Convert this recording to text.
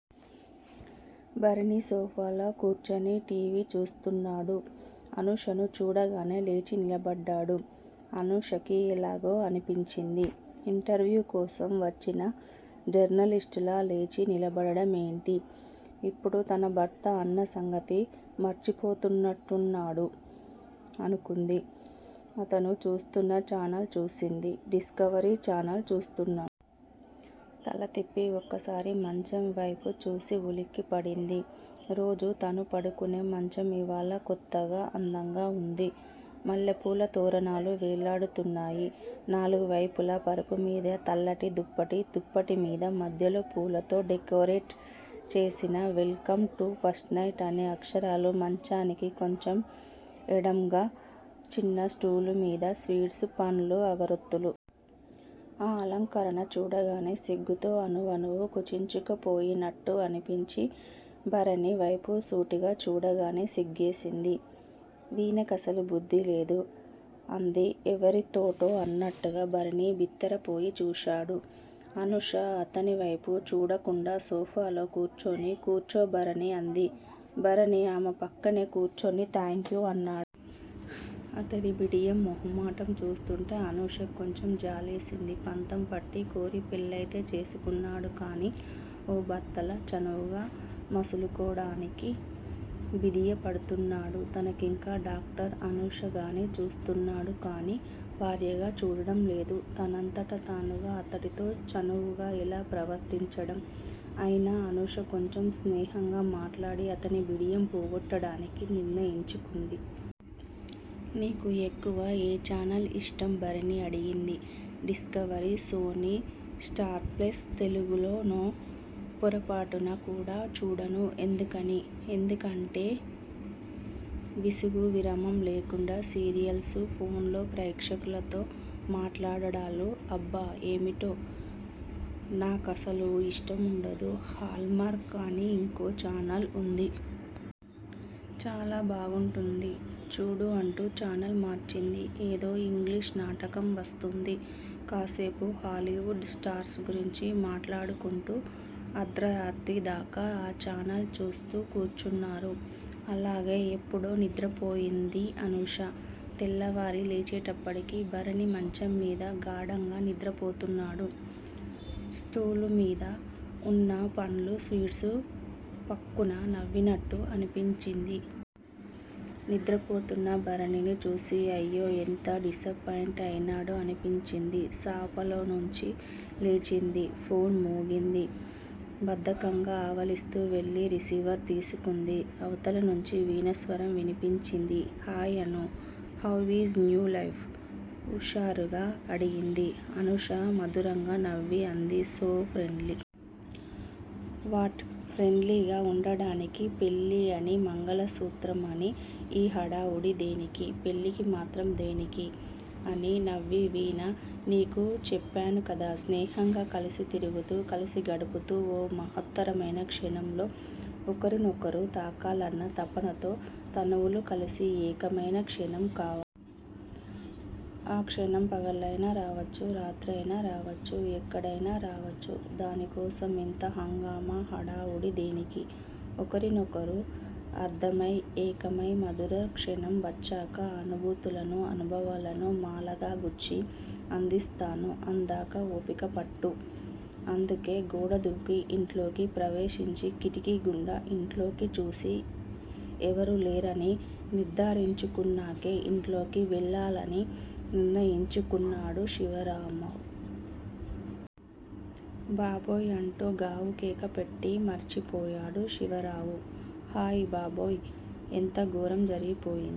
భరణి, సోఫాలో కూర్చుని TV చూస్తున్నాడు. అనూషను చూడగానే లేచి నిలబడ్డాడు. అనూషకి ఎలాగో అనిపించింది. ఇంటర్య్వూ కోసం వచ్చిన జర్నలిస్టులా లేచి నిలబడటం ఏంటి? ఇప్పుడు తను భర్త అన్న సంగతి మర్చిపోతున్నట్టున్నాడు అనుకుంది. అతను చూస్తున్న ఛానల్ చూసింది. డిస్కవరీ ఛానల్ చూస్తున్నాడు. తలతిప్పి ఒక్కసారి మంచం వైపుచూసి ఉలిక్కిపడింది. రోజూ తను పడుకునే మంచం ఇవాళ కొత్తగా, అందంగా వుంది. మల్లెపూల తోరణాలు వెళ్ళాడుతున్నాయి నాలుగువైపులా. పరుపుమీద తల్లటి దుప్పటి. దుప్పటి మీద మద్యలో పూలతో డికోరేట్ చేసిన welcome to first night అనే అక్షరాలు మంచానికి కొంచెం ఎడంగా చిన్న స్టూలుమీద స్వీట్స్, పండ్లు, అగరొత్తులు. ఆ అలంకరణ చూడగానే సిగ్గుతో అణువణువూ కుంచించుకుపోయినట్టు అనిపించి. భరణి వైపు సూటిగా చూడగానే సిగ్గేసింది. వీణకసలు బుద్దిలేదు అంది ఎవరితోటో అన్నట్టుగా. భరణి భిత్తరపోయి చూశాడు. అనూష అతని వైపు చూడకుండా సోపాలో కూర్చుని. కూర్చో భరణీ! అంది. భరణి ఆమె పక్కనే కూర్చుని- థాంక్యూ అన్నాడు. అతని బిడియం, మొహమాటం చూస్తుంటే అనూషకి కొంచెం జాలేసింది. పంతంపట్టి, కోరి పెళ్ళయితే చేసుకున్నాడుకానీ, ఓ భార్తలా చనువుగా మసులుకోడానికి బిదియపడుతున్నాడు. తనకింకా డాక్టర్ అనూషగానే చూస్తున్నాడు కానీ, భార్యగా చూడడంలేదు. తనంతట తానుగా అతడితో చనువుగా ఎలా ప్రవర్తించడం? అయినా అనూష కొంచెం స్నేహంగా మాట్లాడి, అతని బిడియం పొగొట్టడానికి నిర్ణయించుకుంది. నీకు ఎక్కువగా ఎ చానల్ ఇష్టం భరణీ అడిగింది. Discovery, Sony, Star Plus Telugu no! పొరపాటున కూడా చూడను ఎందుకని? ఎందుకేంటి? విసుగూ, విరామం లేకుండా సీరియల్సు, ఫోనులో ప్రేక్షకులతో మాట్లాడడాలు అబ్బ ఏమిటో నాకసలు యిష్టం వుండదు. హల్ మార్క్ అని ఇంకో ఛానల్ వుంది. చాలా బాగుంటుంది చూడు అంటూ ఛానల్ మార్చింది. ఏదో ఇంగ్లీషు నాటకం వస్తోంది. కాసేపు హాలీవుడ్ స్టార్స్ గురించి మాట్లాడకుంటూ, అర్దరాత్రిదాకా ఆ ఛానల్ చూస్తూ కూర్చూన్నారు. అలాగే ఎప్పుడో నిద్రపోయింది అనూష. తెల్లవారి లేచేటప్పటికి భరణి మంచంమీద గాడంగా నిద్రపోతున్నాడు. స్టూలుమీద వున్న పండ్లు, స్వీట్స్ ఫక్కున నవ్వినట్టు అనిపించింది. నిద్రపోతున్న భరణిని చూసి అయ్యో! ఎంత డిసపాయింట్ అయినాడో అనిపించింది. సావుపలోంచి లేచింది. ఫోన్ మోగింది. బద్దకంగా ఆవలిస్తూ వెళ్ళి రిసీవర్ తీసుకుంది. అవతల నుంచి వీణ స్వరం వినిపించింది. Hi Anu! How is new life? హుఉశారుగా అడిగింది. అనూష మధురంగా నవ్వి అంది సో ప్రెండ్లీ. వాట్? ప్రెండ్లీ గా వుండటానికి పెళ్ళి అని, మంగళసూత్రం అనీ ఈ హడావిడి దేనికి? పెళ్ళికి మాత్రం దేనికి? అని నవ్వి వీణా! నీకు చెప్పానుకదూ! స్నేహంగా కలసి తిరుగుతూ, కలసి గడుపుతూ ఓ మహా త్తరమైన క్షణంలో ఒకనొకరు తాకాలన్న తపనతో తనువులు కలసి, ఏకమైన క్షణం కావా ఆ క్షణం పగలయినా రావచ్చు, రాత్రియిన రావచ్చు. ఎక్కడయినా రావచ్చు. దానికోసం ఇంత హంగామా, హాడావిడి దేనికి? ఒకరికొకరు అర్ధమై, ఏకమయ్ మధురక్షణం వచ్చాక అనుభూతులను, అనుభవాలను మాలగా గుచ్చి అందిస్తాను. అందాకా ఓపికపట్టు. అందుకే గోడదూకి ఇంట్లోకి ప్రవేశించి కిటికిగుండా ఇంట్లోకి చూసి ఎవరూలేరని నిర్ధారించుకున్నాకే ఇంట్లోకి వెళ్ళాలని నిర్ణయించుకున్నాడు శివరావు. 'బాబోయ్' అంటూ గావుకేక పెట్టి మార్చపోయాడు శివరావు. హయ్ బాబోయ్ ఎంత ఘోరం జరిగిపోయింది